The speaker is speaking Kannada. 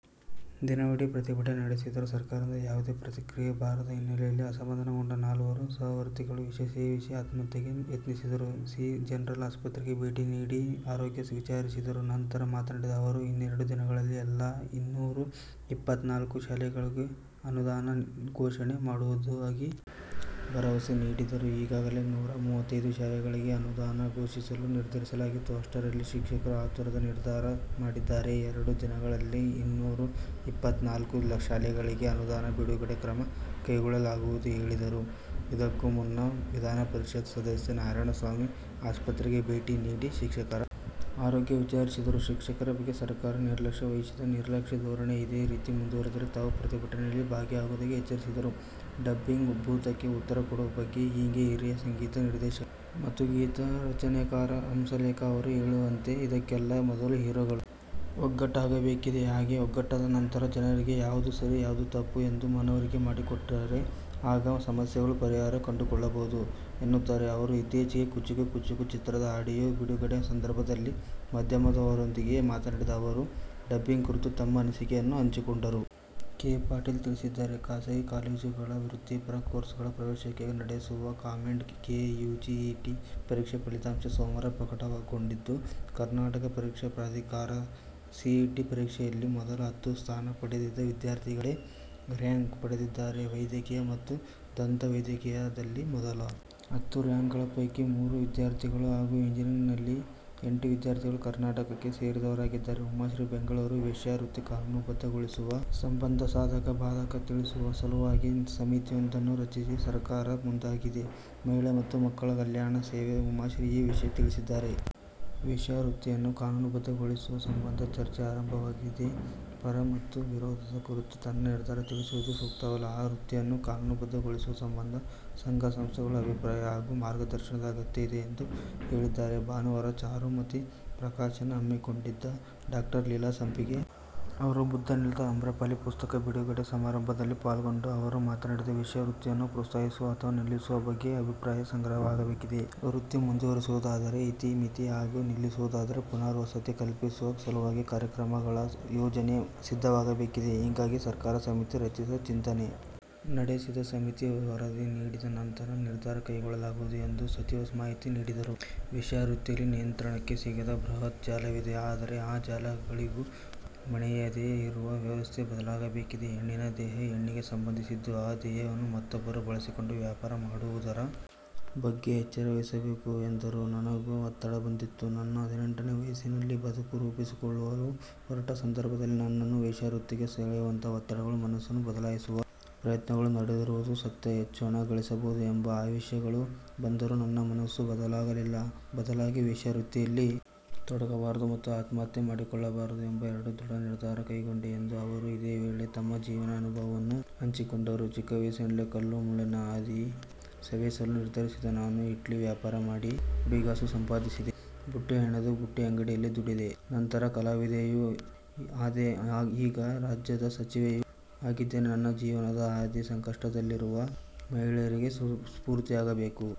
ದಿನವಿಡೀ ಪ್ರತಿಭಟನೆ ನಡೆಸಿದರೂ ಸರ್ಕಾರದಿಂದ ಯಾವುದೇ ಪ್ರತಿಕ್ರಿಯೆ ಬಾರದ ಹಿನ್ನೆಲೆಯಲ್ಲಿ ಅಸಮಾಧಾನಗೊಂಡು ನಾಲ್ವರು ಸಹವರ್ತಿಗಳು ವಿಷಸೇವಿಸಿ ಆತ್ಮಹತ್ಯೆಗೆ ಯತ್ನಿಸಿದರು ಸಿ ಜನರಲ್ ಆಸ್ಪತ್ರೆಗೆ ಭೇಟಿ ನೀಡಿ ಆರೋಗ್ಯ ವಿಚಾರಿಸಿದರು ನಂತರ ಮಾತನಾಡಿದ ಅವರು ಇನ್ನೆರಡು ದಿನಗಳಲ್ಲಿ ಎಲ್ಲಾ ಇನ್ನೂರ ಎಪ್ಪತ್ತನಾಲ್ಕು ಶಾಲೆಗಳಿಗೆ ಅನುದಾನ ಘೋಷಣೆ ಮಾಡುವುದಾಗಿ ಭರವಸೆ ನೀಡಿದರು ಈಗಾಗಲೇ ನೂರ ಮೂವತ್ತೈದು ಶಾಲೆಗಳಿಗೆ ಅನುದಾನ ಘೋಷಿಸಲು ನಿರ್ಧರಿಸಲಾಗಿತ್ತು ಅಷ್ಟರಲ್ಲಿ ಶಿಕ್ಷಕರು ಆತುರದ ನಿರ್ಧಾರ ಮಾಡಿದ್ದಾರೆ ಎರಡು ದಿನಗಳಲ್ಲಿ ಇನ್ನೂರ ಎಪ್ಪತ್ತನಾಲ್ಕು ಶಾಲೆಗಳಿಗೂ ಅನುದಾನ ಬಿಡುಗಡೆ ಕ್ರಮ ಕೈಗೊಳ್ಳುವುದಾಗಿ ಹೇಳಿದರು ಇದಕ್ಕೂ ಮುನ್ನ ವಿಧಾನಪರಿಷತ್ ಸದಸ್ಯ ನಾರಾಯಣಸ್ವಾಮಿ ಆಸ್ಪತ್ರೆಗೆ ಭೇಟಿ ನೀಡಿ ಶಿಕ್ಷಕರ ಆರೋಗ್ಯ ವಿಚಾರಿಸಿದರು ಶಿಕ್ಷಕರ ಬಗ್ಗೆ ಸರ್ಕಾರ ನಿರ್ಲಕ್ಷ್ಯ ವಹಿಸಿದೆ ನಿರ್ಲಕ್ಷ್ಯ ಧೋರಣೆ ಇದೇ ರೀತಿ ಮುಂದುವರೆದರೆ ತಾವೂ ಪ್ರತಿಭಟನೆಯಲ್ಲಿ ಭಾಗಿಯಾಗುವುದಾಗಿ ಎಚ್ಚರಿಸಿದರು ಡಬ್ಬಿಂಗ್ ಭೂತಕ್ಕೆ ಉತ್ತರ ಕೊಡುವ ಬಗೆ ಹೇಗೆ ಹಿರಿಯ ಸಂಗೀತ ನಿರ್ದೇಶಕ ಮತ್ತು ಗೀತರಚನೆಕಾರ ಹಂಸಲೇಖ ಅವರು ಹೇಳುವಂತೆ ಇದಕ್ಕೆಲ್ಲಾ ಮೊದಲು ಹೀರೋಗಳು ಒಗ್ಗಟ್ಟಾಗಬೇಕಿದೆ ಹಾಗೆ ಒಗ್ಗಟ್ಟಾದ ನಂತರ ಜನರಿಗೆ ಯಾವುದು ಸರಿ ಯಾವುದು ತಪ್ಪು ಎಂದು ಮನವರಿಕೆ ಮಾಡಿಕೊಟ್ಟರೆ ಆಗ ಸಮಸ್ಯೆಗೆ ಪರಿಹಾರ ಕಂಡುಹಿಡಿಯಬಹುದು ಎನ್ನುತ್ತಾರೆ ಅವರು ಇತ್ತೀಚೆಗೆ ಕುಚಿಕು ಕುಚಿಕು ಚಿತ್ರದ ಆಡಿಯೋ ಬಿಡುಗಡೆಯ ಸಂದರ್ಭದಲ್ಲಿ ಮಾಧ್ಯಮದವರೊಂದಿಗೆ ಮಾತನಾಡಿದ ಅವರು ಡಬ್ಬಿಂಗ್ ಕುರಿತು ತಮ್ಮ ಅನಿಸಿಕೆಗಳನ್ನು ಹಂಚಿಕೊಂಡರು ಕೆ ಪಾಟೀಲ್ ತಿಳಿಸಿದ್ದಾರೆ ಖಾಸಗಿ ಕಾಲೇಜುಗಳ ವೃತ್ತಿಪರ ಕೋರ್ಸ್‌ಗಳ ಪ್ರವೇಶಕ್ಕೆ ನಡೆಸುವ ಕಾಮೆಡ್ ಕೆ ಯುಜಿಇಟಿ ಪರೀಕ್ಷಾ ಫಲಿತಾಂಶ ಸೋಮವಾರ ಪ್ರಕಟಗೊಂಡಿದ್ದು ಕರ್ನಾಟಕ ಪರೀಕ್ಷಾ ಪ್ರಾಧಿಕಾರದ ಸಿಇಟಿ ಪರೀಕ್ಷೆಯಲ್ಲಿ ಮೊದಲ ಹತ್ತು ಸ್ಥಾನ ಪಡೆದಿದ್ದ ವಿದ್ಯಾರ್ಥಿಗಳೇ ರ್ಯಾಂಕ್ ಪಡೆದಿದ್ದಾರೆ ವೈದ್ಯಕೀಯ ಮತ್ತು ದಂತ ವೈದ್ಯಕೀಯದಲ್ಲಿ ಮೊದಲ ಹತ್ತು ರ್ಯಾಂಕ್‌ಗಳ ಪೈಕಿ ಮೂರು ವಿದ್ಯಾರ್ಥಿಗಳು ಹಾಗೂ ಎಂಜಿನಿಯರಿಂಗ್‌ನಲ್ಲಿ ಎಂಟು ವಿದ್ಯಾರ್ಥಿಗಳು ಕರ್ನಾಟಕಕ್ಕೆ ಸೇರಿದವರಾಗಿದ್ದಾರೆ ಉಮಾಶ್ರೀ ಬೆಂಗಳೂರು ವೇಶ್ಯಾವೃತ್ತಿ ಕಾನೂನುಬದ್ಧಗೊಳಿಸುವ ಸಂಬಂಧ ಸಾಧಕ ಬಾಧಕ ತಿಳಿಯುವ ಸಲುವಾಗಿ ಸಮಿತಿಯೊಂದನ್ನು ರಚಿಸಲು ಸರ್ಕಾರ ಮುಂದಾಗಿದೆ ಮಹಿಳಾ ಮತ್ತು ಮಕ್ಕಳ ಕಲ್ಯಾಣ ಸಚಿವೆ ಉಮಾಶ್ರೀ ಈ ವಿಷಯ ತಿಳಿಸಿದ್ದಾರೆ ವೇಶ್ಯಾವೃತ್ತಿಯನ್ನು ಕಾನೂನುಬದ್ಧಗೊಳಿಸುವ ಸಂಬಂಧ ಚರ್ಚೆ ಆರಂಭವಾಗಿದೆ ಪರ ಮತ್ತು ವಿರೋಧದ ಕುರಿತು ನನ್ನ ನಿರ್ಧಾರ ತಿಳಿಸುವುದು ಸೂಕ್ತವಲ್ಲ ಆ ವೃತ್ತಿಯನ್ನು ಕಾನೂನುಬದ್ಧಗೊಳಿಸುವ ಸಂಬಂಧ ಸಂಘ ಸಂಸ್ಥೆಗಳ ಅಭಿಪ್ರಾಯ ಹಾಗೂ ಮಾರ್ಗದರ್ಶನದ ಅಗತ್ಯತೆ ಇದೆ ಎಂದು ಹೇಳಿದ್ದಾರೆ ಭಾನುವಾರ ಚಾರುಮತಿ ಪ್ರಕಾಶನ ಹಮ್ಮಿಕೊಂಡಿದ್ದ ಡಾ ಲೀಲಾ ಸಂಪಿಗೆ ಅವರ ಬುದ್ಧನಿಲ್ಲದ ಅಮ್ರಪಾಲಿ ಪುಸ್ತಕ ಬಿಡುಗಡೆ ಸಮಾರಂಭದಲ್ಲಿ ಪಾಲ್ಗೊಂಡು ಅವರು ಮಾತನಾಡಿದರು ವೇಶ್ಯಾವೃತ್ತಿಯನ್ನು ಪ್ರೋತ್ಸಾಹಿಸುವ ಅಥವಾ ನಿಲ್ಲಿಸುವ ಬಗ್ಗೆ ಅಭಿಪ್ರಾಯ ಸಂಗ್ರಹವಾಗಬೇಕಿದೆ ವೃತ್ತಿ ಮುಂದುವರೆಸುವುದಾದರೆ ಇತಿ ಮಿತಿ ಹಾಗೂ ನಿಲ್ಲಿಸುವುದಾದರೆ ಪುನರ್ವಸತಿ ಕಲ್ಪಿಸುವ ಸಲುವಾಗಿ ಕಾರ್ಯಕ್ರಮಗಳ ಯೋಜನೆ ಸಿದ್ಧವಾಗಬೇಕಿದೆ ಹೀಗಾಗಿ ಸರ್ಕಾರ ಸಮಿತಿ ರಚಿಸಲು ಚಿಂತನೆ ನಡೆಸಿದೆ ಸಮಿತಿ ವರದಿ ನೀಡಿದ ನಂತರ ನಿರ್ಧಾರ ಕೈಗೊಳ್ಳಲಾಗುವುದು ಎಂದು ಸಚಿವರು ಮಾಹಿತಿ ನೀಡಿದರು ವೇಶ್ಯಾವೃತ್ತಿಯಲ್ಲಿ ನಿಯಂತ್ರಣಕ್ಕೆ ಸಿಗದ ಬೃಹತ್ ಜಾಲವಿದೆ ಆದರೆ ಈ ಜಾಲಗಳಿಗೂ ಮಣಿಯದೆ ಇರುವ ವ್ಯವಸ್ಥೆ ಬದಲಾಗಬೇಕಿದೆ ಹೆಣ್ಣಿನ ದೇಹ ಹೆಣ್ಣಿಗೆ ಸಂಬಂಧಿಸಿದ್ದು ಆ ದೇಹವನ್ನು ಮತ್ತೊಬ್ಬರು ಬಳಸಿಕೊಂಡು ವ್ಯಾಪಾರ ಮಾಡುವುದರ ಬಗ್ಗೆ ಎಚ್ಚರವಹಿಸಬೇಕು ಎಂದರು ನನಗೂ ಒತ್ತಡ ಬಂದಿತ್ತು ನನ್ನ ಹದಿನೆಂಟನೇ ವಯಸ್ಸಿನಲ್ಲಿ ಬದುಕು ರೂಪಿಸಿಕೊಳ್ಳಲು ಹೊರಟ ಸಂದರ್ಭ ನನ್ನನ್ನು ವೇಶ್ಯಾವೃತ್ತಿಗೆ ಸೆಳೆಯುವಂತಹ ಒತ್ತಡಗಳು ಮನಸ್ಸನ್ನು ಬದಲಾಯಿಸುವ ಪ್ರಯತ್ನಗಳು ನಡೆದಿರುವುದು ಸತ್ಯ ಹೆಚ್ಚು ಹಣ ಗಳಿಸಬಹುದು ಎಂಬ ಆಮಿಷಗಳು ಬಂದರೂ ನನ್ನ ಮನಸ್ಸು ಬದಲಾಗಲಿಲ್ಲ ಬದಲಾಗಿ ವೇಶ್ಯಾವೃತ್ತಿಯಲ್ಲಿ ತೊಡಗಬಾರದು ಮತ್ತು ಆತ್ಮಹತ್ಯೆ ಮಾಡಿಕೊಳ್ಳಬಾರದು ಎಂಬ ಎರಡು ದೃಢ ನಿರ್ಧಾರ ಕೈಗೊಂಡೆ ಎಂದು ಅವರು ಇದೇ ವೇಳೆ ತಮ್ಮ ಜೀವನದ ಅನುಭವಗಳನ್ನು ಹಂಚಿಕೊಂಡರು ಚಿಕ್ಕವಯಸ್ಸಿನಲ್ಲೇ ಕಲ್ಲು ಮುಳ್ಳಿನ ಹಾದಿ ಸವೆಸಲು ನಿರ್ಧರಿಸಿದ ನಾನು ಇಡ್ಲಿ ವ್ಯಾಪಾರ ಮಾಡಿ ಪುಡಿಗಾಸು ಸಂಪಾದಿಸಿದೆ ಬುಟ್ಟಿ ಹೆಣೆದೆ ಬಟ್ಟೆ ಅಂಗಡಿಯಲ್ಲಿ ದುಡಿದೆ ನಂತರ ಕಲಾವಿದೆಯೂ ಆದೆ ಈಗ ರಾಜ್ಯದ ಸಚಿವೆಯೂ ಆಗಿದ್ದೇನೆ ನನ್ನ ಜೀವನದ ಹಾದಿ ಸಂಕಷ್ಟದಲ್ಲಿರುವ ಮಹಿಳೆಗೆ ಸ್ಫೂರ್ತಿಯಾಗಬೇಕು.